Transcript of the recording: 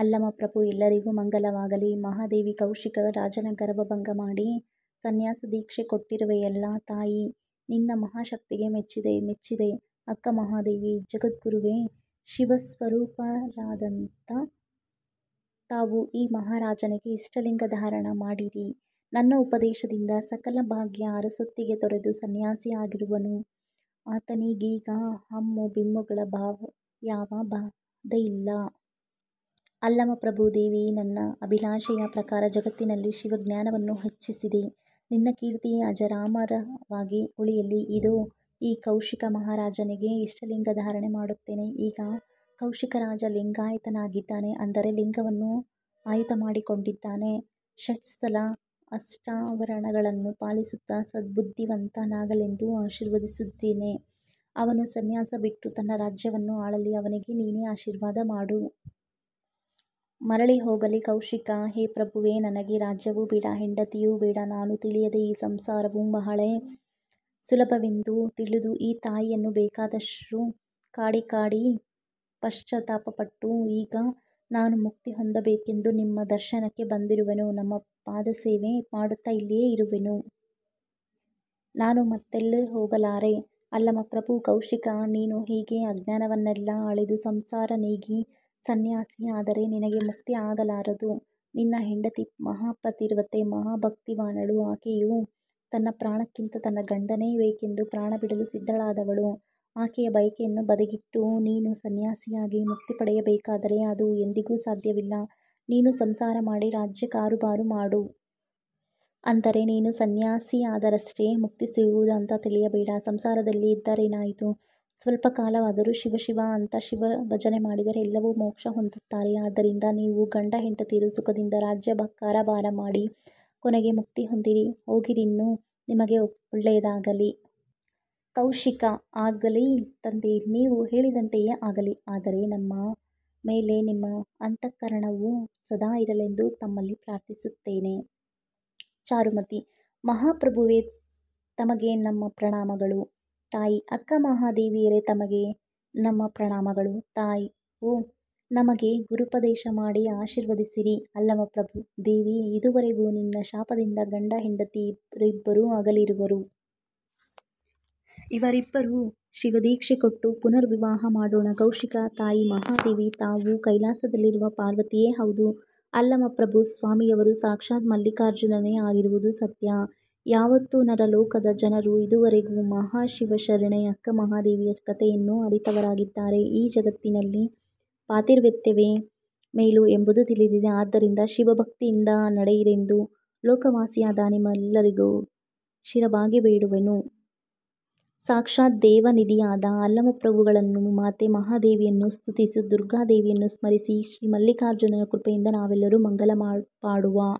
ಅಲ್ಲಮಪ್ರಭು: ಎಲ್ಲರಿಗೂ ಮಂಗಲವಾಗಲಿ! ಮಹಾದೇವಿ, ಕೌಶಿಕ ರಾಜನ ಗರ್ವಭಂಗಮಾಡಿ, ಸಂನ್ಯಾಸ ದೀಕ್ಷೆ ಕೊಟ್ಟಿರುವೆಯಲ್ಲ ತಾಯಿ. ನಿನ್ನ ಮಹಾಶಕ್ತಿಗೆ ಮೆಚ್ಚಿದೆ, ಮೆಚ್ಚಿದೆ. ಅಕ್ಕಮಹಾದೇವಿ: ಜಗದ್ಗುರುವೆ, ಶಿವಸ್ವರೂಪರಾದಂಥಾ ತಾವು ಈ ಮಹಾರಾಜನಿಗೆ ಇಷ್ಟಲಿಂಗ ಧಾರಣ ಮಾಡಿರಿ. ನನ್ನ ಉಪದೇಶದಿಂದ ಸಕಲ ಭಾಗ್ಯ ಅರಸೊತ್ತಿಗೆ ತೊರೆದು ಸಂನ್ಯಾಸಿ ಆಗಿರುವನು. ಆತನಿಗೀಗ ಹಮ್ಮು: ಬಿಮ್ಮುಗಳ ಯಾವ ಬಾಧೆಯಿಲ್ಲ. ಅಲ್ಲಮಪ್ರಭು: ದೇವಿ, ನನ್ನ ಅಭಿಲಾಷೆಯ ಪ್ರಕಾರ ಜಗತ್ತಿನಲ್ಲಿ ಶಿವಜ್ಞಾನವನ್ನು ಹೆಚ್ಚಿಸಿದಿ. ನಿನ್ನ ಕೀರ್ತಿ ಅಜರಾಮರವಾಗಿ ಉಳಿಯಲಿ! ಇದೋ ಈ ಕೌಶಿಕ ಮಹಾರಾಜನಿಗೆ ಇಷ್ಟಲಿಂಗಧಾರಣೆ ಮಾಡುತ್ತೇನೆ. ಈಗ ಕೌಶಿಕರಾಜ ಲಿಂಗಾಯತನಾಗಿದ್ದಾನೆ. ಅಂದರೆ ಲಿಂಗವನ್ನು ಆಯುತ ಮಾಡಿಕೊಂಡಿದ್ದಾನೆ. ಷಟ್ ಸ್ಥಲ, ಅಷ್ಟಾವರಣಗಳನ್ನು ಪಾಲಿಸುತ್ತ ಸದ್ಬುದ್ಧಿವಂತ ನಾಗಲೆಂದು ಆಶೀರ್ವದಿಸಿದ್ದೇನೆ. ಅವನು ಸಂನ್ಯಾಸ ಬಿಟ್ಟು ತನ್ನ ರಾಜ್ಯವನ್ನು ಆಳಲಿ ಅವನಿಗೆ ನೀನೇ ಆಶೀರ್ವಾದ ಮಾಡು. ಮರಳಿ ಹೋಗಲಿ. ಕೌಶಿಕ: ಹೇ ಪ್ರಭುವೇ, ನನಗೆ ರಾಜ್ಯವು ಬೇಡಾ. ಹೆಂಡತಿಯು ಬೇಡಾ. ನಾನು ತಿಳಿಯದೇ, ಈ ಸಂಸಾರವು ಬಹಳೇ ಸುಲಭವೆಂದು ತಿಳಿದು ಈ ತಾಯಿಯನ್ನು ಬೇಕಾದಷ್ಟು ಕಾಡಿಕಾಡಿ ಪಶ್ಚಾತ್ತಾಪಪಟ್ಟು, ಈಗ ನಾನು ಮುಕ್ತಿ ಹೊಂದಬೇಕೆಂದು ನಿಮ್ಮ ದರ್ಶನಕ್ಕೆ ಬಂದಿರುವೆನು. ನಮ್ಮ ಪಾದಸೇವೆ ಮಾಡುತ್ತ ಇಲ್ಲಿಯೇ ಇರುವೆನು. ನಾನು ಮತ್ತೆಲ್ಲಿ ಹೋಗಲಾರೆ. ಅಲ್ಲಮಪ್ರಭು: ಕೌಶಿಕಾ, ನೀನು ಹೀಗೆ ಅಜ್ಞಾನವನ್ನೆಲ್ಲಾ ಅಳಿದು ಸಂಸಾರ ನೀಗಿ ಸಂನ್ಯಾಸಿ ಆದರೆ ನಿನಗೆ ಮುಕ್ತಿ ಆಗಲಾರದು. ನಿನ್ನ ಹೆಂಡತಿ ಮಹಾಪತಿವ್ರತೆ, ಮಹಾಭಕ್ತಿವಾನಳು. ಆಕೆಯು ತನ್ನ ಪ್ರಾಣಕ್ಕಿಂತ ತನ್ನ ಗಂಡನೇ ಬೇಕೆಂದು ಪ್ರಾಣಬಿಡಲು ಸಿದ್ಧಳಾದವಳು. ಆಕೆಯ ಬಯಕೆಯನ್ನು ಬದಿಗಿಟ್ಟು, ನೀನು ಸಂನ್ಯಾಸಿಯಾಗಿ ಮುಕ್ತಿ ಪಡೆಯಬೇಕಾದರೆ ಅದು ಎಂದಿಗೂ ಸಾಧ್ಯವಿಲ್ಲ, ನೀನು ಸಂಸಾರ ಮಾಡಿ ರಾಜ್ಯ ಕಾರುಭಾರು ಮಾಡು. ಅಂದರೆ ನೀನು ಸಂನ್ಯಾಸಿಯಾದರಷ್ಟೇ ಮುಕ್ತಿ ಸಿಗುವುದು ಅಂತಾ ತಿಳಿಯಬೇಡಾ. ಸಂಸಾರದಲ್ಲಿ ಇದ್ದರೇನಾಯಿತು? ಸ್ವಲ್ಪ ಕಾಲವಾದರೂ ಶಿವಶಿವಾ ಅಂತಾ ಶಿವ ಭಜನೆ ಮಾಡಿದರೆ ಎಲ್ಲರೂ ಮೋಕ್ಷ ಹೊಂದುತ್ತಾರೆ. ಆದ್ದರಿಂದ ನೀವು ಗಂಡ: ಹೆಂಡತಿಯರು ಸುಖದಿಂದ ರಾಜ್ಯ ಕಾರಭಾರ ಮಾಡಿ ಕೊನೆಗೆ ಮುಕ್ತಿ ಹೊಂದಿರಿ. ಹೋಗಿರಿನ್ನು ನಿಮಗೆ ಒಳ್ಳೆಯದಾಗಲಿ! ಕೌಶಿಕ: ಆಗಲಿ ತಂದೇ, ನೀವು ಹೇಳಿದಂತೆಯೇ ಆಗಲಿ. ಆದರೆ ನಮ್ಮ ಮೇಲೆ ನಿಮ್ಮ ಅಂತಃಕರುಣವು ಸದಾ ಇರಲೆಂದು ತಮ್ಮಲ್ಲಿ ಪ್ರಾರ್ಥಿಸುತ್ತೇನೆ. ಚಾರುಮತಿ: ಮಹಾಪ್ರಭುವೆ ತಮಗೆ ನಮ್ಮ ಪ್ರಣಾಮಗಳು. ತಾಯಿ ಅಕ್ಕಮಹಾದೇವಿಯವರೇ ತಮಗೆ ನಮ್ಮ ಪ್ರಣಾಮಗಳು. ತಾವು ನಮಗೆ ಗುರುಪದೇಶ ಮಾಡಿ ಆಶೀರ್ವದಿಸಿರಿ. ಅಲ್ಲಮಪ್ರಭು: ದೇವಿ, ಇದುವರೆಗೂ ನಿನ್ನ ಶಾಪದಿಂದ ಗಂಡ ಹೆಂಡತಿಯರಿಬ್ಬರೂ ಅಗಲಿರುವರು. ಇವರಿಬ್ಬರಿಗೂ ಶಿವದೀಕ್ಷೆ ಕೊಟ್ಟು ಪುನರ್ವಿವಾಹ ಮಾಡೋಣ. ಕೌಶಿಕ: ತಾಯೆ ಮಹಾದೇವಿ, ತಾವು ಕೈಲಾಸದಲ್ಲಿರುವ ಪಾರ್ವತಿಯೇ ಹೌದು. ಅಲ್ಲಮಪ್ರಭು ಸ್ವಾಮಿಯವರು ಸಾಕ್ಷಾತ್ ಮಲ್ಲಿಕಾರ್ಜುನನೇ ಆಗಿರುವುದು ಸತ್ಯ. ಯಾವತ್ತು ನರಲೋಕದ ಜನರು ಇದುವರೆಗೂ ಮಹಾಶಿವಶರಣೆ ಅಕ್ಕಮಹಾದೇವಿಯ ಕಥೆಯನ್ನು ಅರಿತವರಾಗಿದ್ದಾರೆ. ಈ ಜಗತ್ತಿನಲ್ಲಿ ಪಾತಿವ್ರತ್ಯವೇ ಮೇಲು ಎಂಬುದು ತಿಳಿದಿದೆ. ಆದ್ದರಿಂದ ಶಿವಭಕ್ತಿಯಿಂದ ನಡೆಯಿರೆಂದು ಲೋಕವಾಸಿಯಾದ ನಿಮ್ಮೆಲ್ಲರಿಗೆ ಶಿರಬಾಗಿ ಬೇಡುವೆನು. ಸಾಕ್ಷಾತ್ ದೇವನಿಧಿಯಾದ ಅಲ್ಲಮಪ್ರಭುಗಳನ್ನು, ಮಾತೆ ಮಹಾದೇವಿಯನ್ನು ಸ್ತುತಿಸಿ, ದುರ್ಗಾ ದೇವಿಯನ್ನು ಸ್ಮರಿಸಿ, ಶ್ರೀ ಮಲ್ಲಿಕಾರ್ಜುನನ ಕೃಪೆಯಿಂದ ನಾವೆಲ್ಲರೂ ಮಂಗಲ ಪಾಡುವಾ.